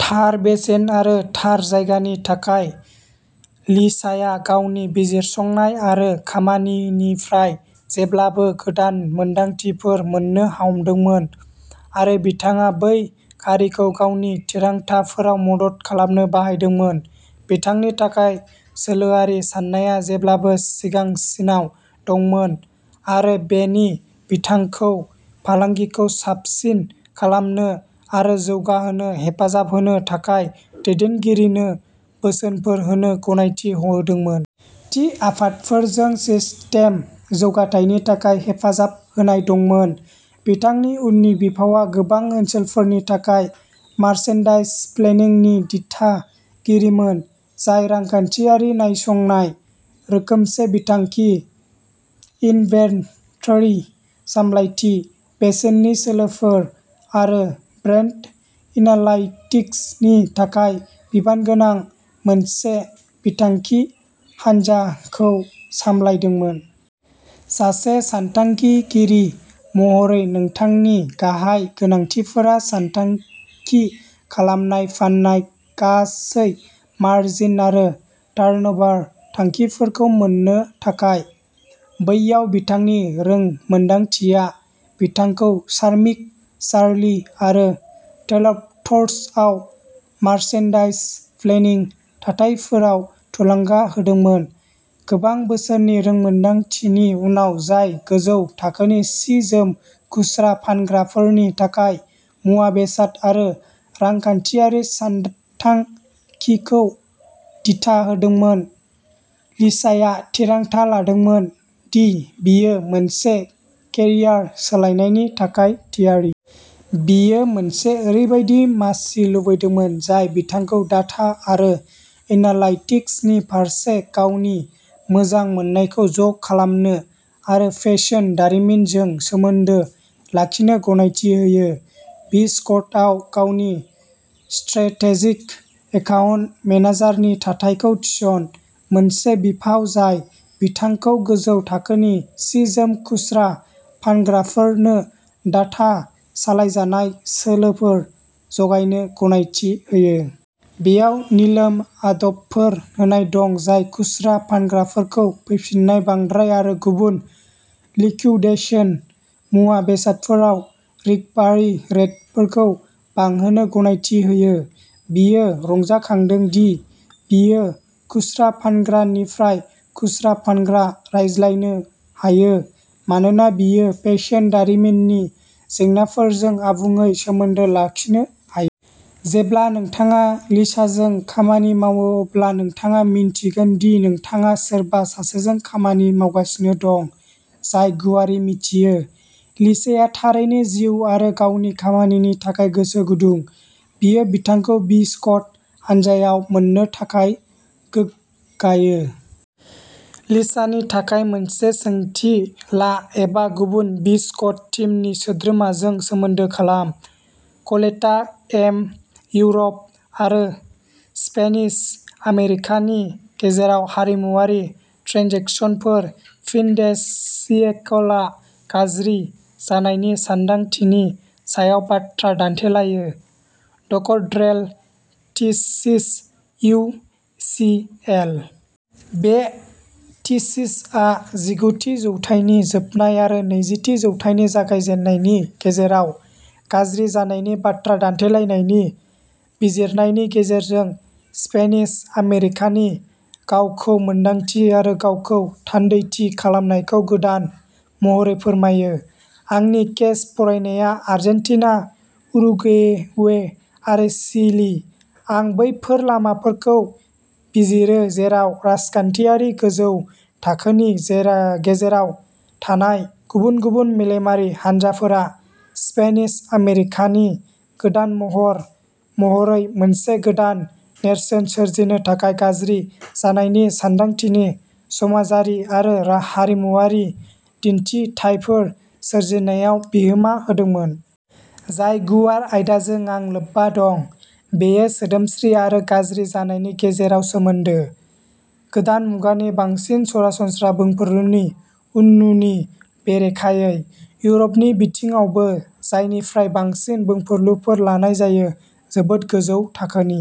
थार बेसेन आरो थार जायगानि थाखाय लिसाया गावनि बिजिरसंनाय आरो खामानिनिफ्राय जेब्लाबो गोदान मोनदांथिफोर मोन्नो हमदोंमोन आरो बिथाङा बै खारिखौ गावनि थिरांथाफोराव मदद खालामनो बाहायदोंमोन। बिथांनि थाखाय सोलोआरि साननाया जेब्लाबो सिगांसिनाव दंमोन आरो बेनि बिथांखौ फालांगिखौ साबसिन खालामनो आरो जौगाहोनो हेफाजाब होनो थाखाय दैदेनगिरिनो बोसोनफोर होनो गनायथि होदोंमोन। थि आफादफोरजों सिस्टेम जौगाथायनि थाखाय हेफाजाब होनाय दंमोन। बिथांनि उननि बिफावआ गोबां ओनसोलफोरनि थाखाय मर्चेन्डाइज प्लेनिंनि दिथागिरिमोन, जाय रांखान्थियारि नायसंनाय, रोखोमसे बिथांखि, इनभेन्टरि सामलायथि, बेसेननि सोलोफोर आरो ब्रान्ड एनालाइटिक्सनि थाखाय बिबानगोनां मोनसे बिथांखि हानजाखौ सामलायदोंमोन। सासे सानथांखिगिरि महरै नोंथांनि गाहाय गोनांथिफोरा सानथांखि खालामनाय फान्नाय, गासै मार्जिन आरो टार्नभार थांखिफोरखौ मोन्नो थाखाय। बैयाव बिथांनि रोंमोनदांथिया बिथांखौ चार्मिंग चार्ली आरो टेलबट्सआव मर्चेन्डाइज प्लेनिं थाथायफोराव थुलुंगा होदोंमोन। गोबां बोसोरनि रोंमोन्दांथिनि उनाव, जाय गोजौ थाखोनि सि-जोम खुस्रा फानग्राफोरनि थाखाय मुवा-बेसाद आरो रांखान्थियारि सानथांखिखौ दिथा होदोंमोन, लिसाया थिरांथा लादोंमोन दि बियो मोनसे केरियार सोलायनायनि थाखाय थियारि। बियो मोनसे ओरैबायदि मासि लुबैदोंमोन जाय बिथांखौ डाटा आरो एनालाइटिक्सनि फारसे गावनि मोजां मोननायखौ ज' खालामनो आरो फेशन दारिमिनजों सोमोन्दो लाखिनो गनायथि होयो। बि-स्टकआव गावनि स्ट्रेटेजिक एकाउन्ट मेनेजारनि थाथायखौ थिसन, मोनसे बिफाव जाय बिथांखौ गोजौ थाखोनि सि-जोम खुस्रा फानग्राफोरनो डाटा सालायजानाय सोलोफोर जगायनो गनायथि होयो। बेयाव निलाम आदबफोर होनाय दं जाय खुस्रा फानग्राफोरखौ फैफिन्नाय, बांद्राय आरो गुबुन लिकिवडेशन मुवा-बेसादफोराव रिकभारि रेटफोरखौ बांहोनो गनायथि होयो। बियो रंजाखांदों दि बियो खुस्रा फानग्रा-निफ्राय-खुस्रा फानग्रा रायज्लायनो हायो मानोना बियो फेशन दारिमिननि जेंनाफोरजों आबुङै सोमोन्दो लाखिनो हायो। जेब्ला नोंथाङा लिसाजों खामानि मावो, अब्ला नोंथाङा मिन्थिगोन दि नोंथाङा सोरबा सासेजों खामानि मावगासिनो दं जाय गुवारै मिथियो। लिसाया थारैनो जिउ आरो गावनि खामानिनि थाखाय गोसो गुदुं, बियो बिथांखौ बि-स्टक हानजायाव मोन्नो थाखाय गोग्गायो। लिसानि थाखाय मोनसे सोंथि ला एबा गुबुन बि-स्टक टीमनि सोद्रोमाजों सोमोन्दो खालाम। कलेटा, एम इउर'प आरो स्पेनिश आमेरिकानि गेजेराव हारिमुआरि ट्रेन्जेकसनफोर, फिन-दे-सियेकलआ गाज्रि जानायनि सानदांथिनि सायाव बाथ्रा दान्थेलायो। Doctoral thesis, U C L. बे थिसिसआ जिगुथि जौथाइनि जोबनाय आरो नैजिथि जौथाइनि जागायजेन्नायनि गेजेराव गाज्रि जानायनि बाथ्रा दान्थेलायनायनि बिजिरनायनि गेजेरजों स्पेनिश आमेरिकानि गावखौ-मोनदांथि आरो गावखौ-थान्दैथि खालामनायखौ गोदान महरै फोरमायो। आंनि केस फरायनाया आर्जेन्टिना, उरुगुवे आरो चिलि। आं बैफोर लामाफोरखौ बिजिरो जेराव राजखान्थियारि गोजौ थाखोनि गेजेराव थानाय गुबुन-गुबुन मेलेमारि हानजाफोरा, स्पेनिश आमेरिकानि गोदान महर महरै मोनसे गोदान नेरसोन सोरजिनो थाखाय गाज्रि जानायनि सानदांथिनि समाजारि आरो हारिमुआरि दिन्थिथायफोर सोरजिनायाव बिहोमा होदोंमोन। जाय गुवार आयदाजों आं लोब्बा दं बेयो सोदोमस्रि आरो गाज्रि जानायनि गेजेराव सोमोन्दो, गोदान मुगानि बांसिन सरासनस्रा बुंफुरलुनि उननुनि बेरेखायै। इउर'पनि बिथिङावबो, जायनिफ्राय बांसिन बुंफुरलुफोर लानाय जायो, जोबोद गोजौ थाखोनि।